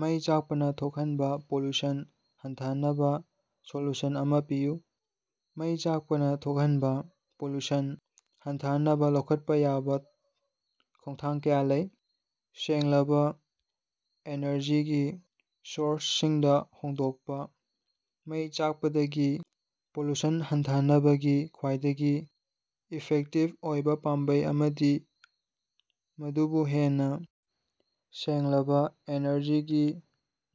ꯃꯩ ꯆꯥꯛꯄꯅꯥ ꯊꯣꯛꯍꯟꯕꯥ ꯄꯣꯂꯨꯁꯟ ꯍꯟꯊꯍꯟꯅꯕꯥ ꯁꯣꯂꯨꯁꯟ ꯑꯃꯥ ꯄꯤꯌꯨ꯫ ꯃꯩ ꯆꯥꯛꯄꯅꯥ ꯊꯣꯛꯍꯟꯕꯥ ꯄꯣꯂꯨꯁꯟ ꯍꯟꯊꯍꯟꯅꯕꯥ ꯂꯧꯈꯠꯄꯥ ꯌꯥꯕ ꯈꯣꯡꯊꯥꯡ ꯀꯌꯥ ꯂꯩ: ꯁꯦꯡꯂꯕꯥ ꯑꯦꯅꯔꯖꯤꯒꯤ ꯁꯣꯔ꯭ꯁꯁꯤꯡꯗꯥ ꯍꯣꯡꯗꯣꯛꯄꯥ: ꯃꯩ ꯆꯥꯛꯄꯗꯒꯤ ꯄꯣꯂꯨꯁꯟ ꯍꯟꯊꯍꯟꯅꯕꯒꯤ ꯈꯥ꯭ꯋꯏꯗꯒꯤ ꯏꯐꯦꯛꯇꯤꯞ ꯑꯣꯏꯕꯥ ꯄꯥꯝꯕꯩ ꯑꯃꯗꯤ ꯃꯗꯨꯕꯨ ꯍꯦꯟꯅꯥ ꯁꯦꯡꯂꯕꯥ ꯑꯦꯅꯔꯖꯤꯒꯤ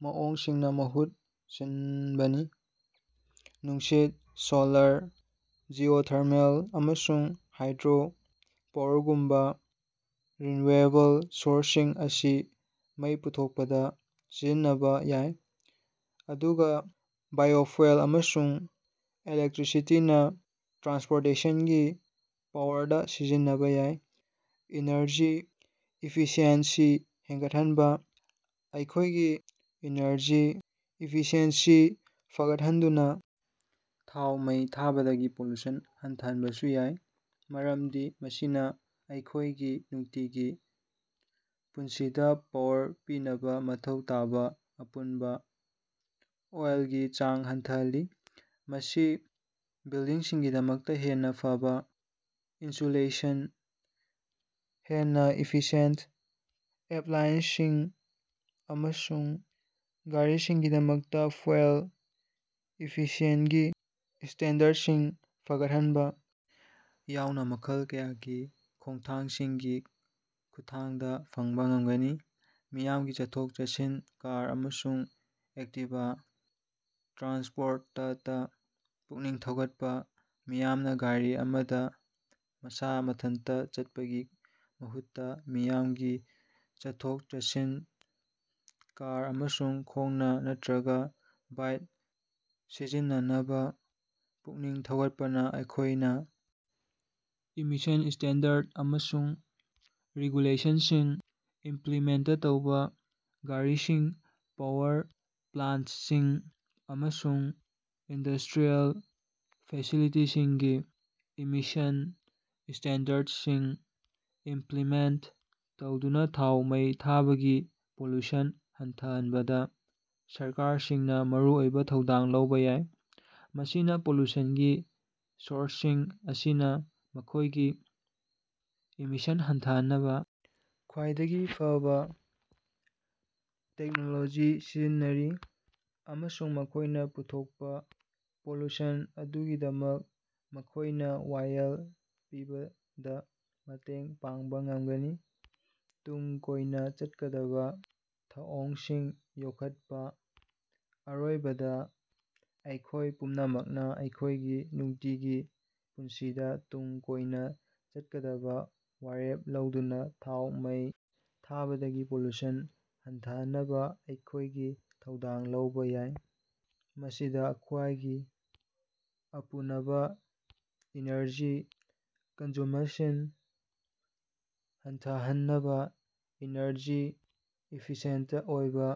ꯃꯑꯣꯡꯁꯤꯡꯅꯥ ꯃꯍꯨꯠ ꯁꯤꯟꯕꯅꯤ꯫ ꯅꯨꯡꯁꯤꯠ, ꯁꯣꯂꯥꯔ, ꯖꯤꯑꯣꯊꯔꯃꯦꯜ, ꯑꯃꯁꯨꯡ ꯍꯥꯏꯗ꯭ꯔꯣ ꯄꯥꯋꯔꯒꯨꯝꯕꯥ ꯔꯤꯟꯌꯨꯑꯦꯕꯜ ꯁꯣꯔꯁꯁꯤꯡ ꯑꯁꯤ ꯃꯩ ꯄꯨꯊꯣꯛꯄꯗꯥ ꯁꯤꯖꯤꯟꯅꯕꯥ ꯌꯥꯏ, ꯑꯗꯨꯒꯥ ꯕꯥꯏꯑꯣꯐ꯭ꯌꯨꯑꯦꯜ ꯑꯃꯁꯨꯡ ꯏꯂꯦꯛꯇꯔꯤꯁꯤꯇꯤꯅꯥ ꯇ꯭ꯔꯥꯟꯁꯄꯣꯔꯇꯦꯁꯟꯒꯤ ꯄꯥꯋꯔꯗ ꯁꯤꯖꯤꯟꯅꯕꯥ ꯌꯥꯏ꯫ ꯏꯅꯔꯖꯤ ꯏꯐꯤꯁꯤꯑꯦꯟꯁꯤ ꯍꯦꯒꯠꯍꯟꯕꯥ: ꯑꯩꯈꯣꯏꯒꯤ ꯏꯅꯔꯖꯤ ꯏꯐꯤꯁꯤꯑꯦꯟꯁꯤ ꯐꯒꯠꯍꯟꯗꯨꯅꯥ ꯊꯥꯎ ꯃꯩ ꯊꯥꯕꯗꯒꯤ ꯄꯣꯂꯨꯁꯟ ꯍꯟꯊꯍꯟꯕꯁꯨ ꯌꯥꯏ, ꯃꯔꯝꯗꯤ ꯃꯁꯤꯅꯥ ꯑꯩꯈꯣꯏꯒꯤ ꯅꯨꯡꯇꯤꯒꯤ ꯄꯨꯟꯁꯤꯗꯥ ꯄꯥꯋꯔ ꯄꯤꯅꯕꯥ ꯃꯊꯧ ꯇꯥꯕꯥ ꯑꯄꯨꯟꯕꯥ ꯑꯣꯏꯜꯒꯤ ꯆꯥꯡ ꯍꯟꯊꯍꯜꯂꯤ꯫ ꯃꯁꯤ ꯕꯤꯜꯗꯤꯡꯁꯤꯡꯒꯤꯗꯃꯛꯇꯥ ꯍꯦꯟꯅꯥ ꯐꯕꯥ ꯏꯟꯁꯨꯂꯦꯁꯟ, ꯍꯦꯟꯅꯥ ꯏꯐꯤꯁꯤꯌꯦꯟꯇ ꯑꯦꯞꯂꯥꯏꯑꯦꯟꯁꯁꯤꯡ, ꯑꯃꯁꯨꯡ ꯒꯥꯔꯤꯁꯤꯡꯒꯤꯗꯃꯛꯇꯥ ꯐ꯭ꯌꯨꯑꯦꯜ ꯏꯐꯤꯁꯤꯑꯦꯟꯁꯤꯒꯤ ꯁ꯭ꯇꯦꯟꯗꯔꯗꯁꯤꯡ ꯐꯒꯠꯍꯟꯕꯥ ꯌꯥꯎꯅꯥ ꯃꯈꯜ ꯀꯌꯥꯒꯤ ꯈꯣꯡꯊꯥꯡꯁꯤꯡꯒꯤ ꯈꯨꯠꯊꯥꯡꯗꯥ ꯐꯪꯕꯥ ꯉꯝꯒꯅꯤ꯫ ꯃꯤꯌꯥꯝꯒꯤ ꯆꯠꯊꯣꯛ-ꯆꯠꯁꯤꯟ, ꯀꯥꯔ, ꯑꯃꯁꯨꯡ ꯑꯦꯛꯇꯤꯕ ꯇ꯭ꯔꯥꯟꯁꯄꯣꯔꯇꯇꯥ ꯄꯨꯛꯅꯤꯡ ꯊꯧꯒꯠꯄꯥ: ꯃꯤꯌꯥꯝꯅꯥ ꯒꯥꯔꯤ ꯑꯃꯗꯥ ꯃꯁꯥ ꯃꯊꯟꯇꯥ ꯆꯠꯄꯒꯤ ꯃꯍꯨꯠꯇꯥ ꯃꯤꯌꯥꯝꯒꯤ ꯆꯠꯊꯣꯛ-ꯆꯠꯁꯤꯟ, ꯀꯥꯔ, ꯑꯃꯁꯨꯡ ꯈꯣꯡꯅꯥ ꯅꯠꯇꯔꯒꯥ ꯕꯥꯏꯛ ꯁꯤꯖꯤꯟꯅꯅꯕꯥ ꯄꯨꯛꯅꯤꯡ ꯊꯧꯒꯠꯄꯅꯥ ꯑꯩꯈꯣꯏꯅꯥ ꯏꯃꯤꯁꯟ ꯁ꯭ꯇꯦꯟꯗꯔꯗ ꯑꯃꯁꯨꯡ ꯔꯦꯒꯨꯂꯦꯁꯟꯁꯤꯡ ꯏꯝꯄꯂꯤꯃꯦꯟꯇ ꯇꯧꯕꯥ: ꯒꯥꯔꯤꯁꯤꯡ, ꯄꯥꯋꯔ ꯄ꯭ꯂꯥꯟꯇꯁꯤꯡ, ꯑꯃꯁꯨꯡ ꯏꯟꯗꯁ꯭ꯇꯔꯤꯑꯦꯜ ꯐꯦꯁꯤꯂꯤꯇꯤꯁꯤꯡꯒꯤ ꯏꯃꯤꯁꯟ ꯁ꯭ꯇꯦꯟꯗꯔꯗꯁꯤꯡ ꯏꯝꯄꯂꯤꯃꯦꯟꯇ ꯇꯧꯗꯨꯅꯥ ꯊꯥꯎ ꯃꯩ ꯊꯥꯕꯒꯤ ꯄꯣꯂꯨꯁꯟ ꯍꯟꯊꯍꯟꯕꯗꯥ ꯁꯔꯀꯥꯔꯁꯤꯡꯅꯥ ꯃꯔꯨꯑꯣꯏꯕꯥ ꯊꯧꯗꯥꯡ ꯂꯧꯕꯥ ꯌꯥꯏ꯫ ꯃꯁꯤꯅꯥ ꯄꯣꯂꯨꯁꯟꯒꯤ ꯁꯣꯔꯁꯁꯤꯡ ꯑꯁꯤꯅꯥ ꯃꯈꯣꯏꯒꯤ ꯏꯃꯤꯁꯟ ꯍꯟꯊꯍꯟꯅꯕꯥ ꯈ꯭ꯋꯥꯏꯗꯒꯤ ꯐꯕꯥ ꯇꯦꯛꯅꯣꯂꯣꯖꯤ ꯁꯤꯖꯤꯟꯅꯔꯤ, ꯑꯃꯁꯨꯡ ꯃꯈꯣꯏꯅꯥ ꯄꯨꯊꯣꯛꯄꯥ ꯄꯣꯂꯨꯁꯟ ꯑꯗꯨꯒꯤꯗꯃꯛ ꯃꯈꯣꯏꯅꯥ ꯋꯥꯌꯦꯜ ꯄꯤꯕꯗꯥ ꯃꯇꯦꯡ ꯄꯥꯡꯕꯥ ꯉꯝꯒꯅꯤ꯫ ꯇꯨꯡ ꯀꯣꯏꯅꯥ ꯆꯠꯀꯗꯕꯥ ꯊꯧꯑꯣꯡꯁꯤꯡ ꯌꯣꯛꯈꯠꯄꯥ: ꯑꯔꯣꯏꯕꯗꯥ, ꯑꯩꯈꯣꯏ ꯄꯨꯝꯅꯃꯛꯅꯥ ꯑꯩꯈꯣꯏꯒꯤ ꯅꯨꯡꯇꯤꯒꯤ ꯄꯨꯟꯁꯤꯗꯥ ꯇꯨꯡ ꯀꯣꯏꯅꯥ ꯆꯠꯀꯗꯕꯥ ꯋꯥꯔꯦꯞ ꯂꯧꯗꯨꯅꯥ ꯊꯥꯎ ꯃꯩ ꯊꯥꯕꯗꯒꯤ ꯄꯣꯂꯨꯁꯟ ꯍꯟꯊꯍꯟꯅꯕꯥ ꯑꯩꯈꯣꯏꯒꯤ ꯊꯧꯗꯥꯡ ꯂꯧꯕꯥ ꯌꯥꯏ꯫ ꯃꯁꯤꯗꯥ ꯑꯩꯈꯣꯌꯒꯤ ꯑꯄꯨꯅꯕꯥ ꯏꯅꯔꯖꯤ ꯀꯟꯖꯨꯃꯁꯟ ꯍꯟꯊꯍꯅꯕꯥ, ꯏꯅꯔꯖꯤ ꯏꯐꯤꯁꯤꯌꯦꯟꯇ ꯑꯣꯏꯕꯥ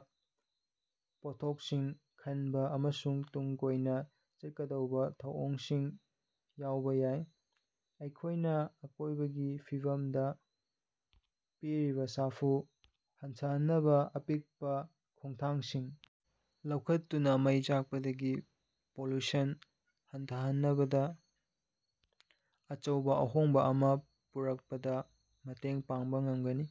ꯄꯣꯠꯊꯣꯛꯁꯤꯡ ꯈꯟꯕ ꯑꯃꯁꯨꯡ ꯇꯨꯡ ꯀꯣꯏꯅ ꯆꯠꯀꯗꯧꯕ ꯊꯧꯑꯣꯡꯁꯤꯡ ꯌꯥꯎꯕꯥ ꯌꯥꯏ꯫ ꯑꯩꯈꯣꯏꯅꯥ ꯑꯀꯣꯏꯕꯒꯤ ꯐꯤꯕꯝꯗꯥ ꯄꯤꯔꯤꯕꯥ ꯁꯥꯐꯨ ꯍꯟꯊꯍꯟꯅꯕꯥ ꯑꯄꯤꯛꯄꯥ ꯈꯣꯡꯊꯥꯡꯁꯤꯡ ꯂꯧꯈꯠꯇꯨꯅꯥ ꯃꯩ ꯆꯥꯛꯄꯗꯒꯤ ꯄꯣꯂꯨꯁꯟ ꯍꯟꯊꯍꯅꯕꯗꯥ ꯑꯆꯧꯕꯥ ꯑꯍꯣꯡꯕꯥ ꯑꯃꯥ ꯄꯨꯔꯛꯄꯗꯥ ꯃꯇꯦꯡ ꯄꯥꯡꯕꯥ ꯉꯝꯒꯅꯤ꯫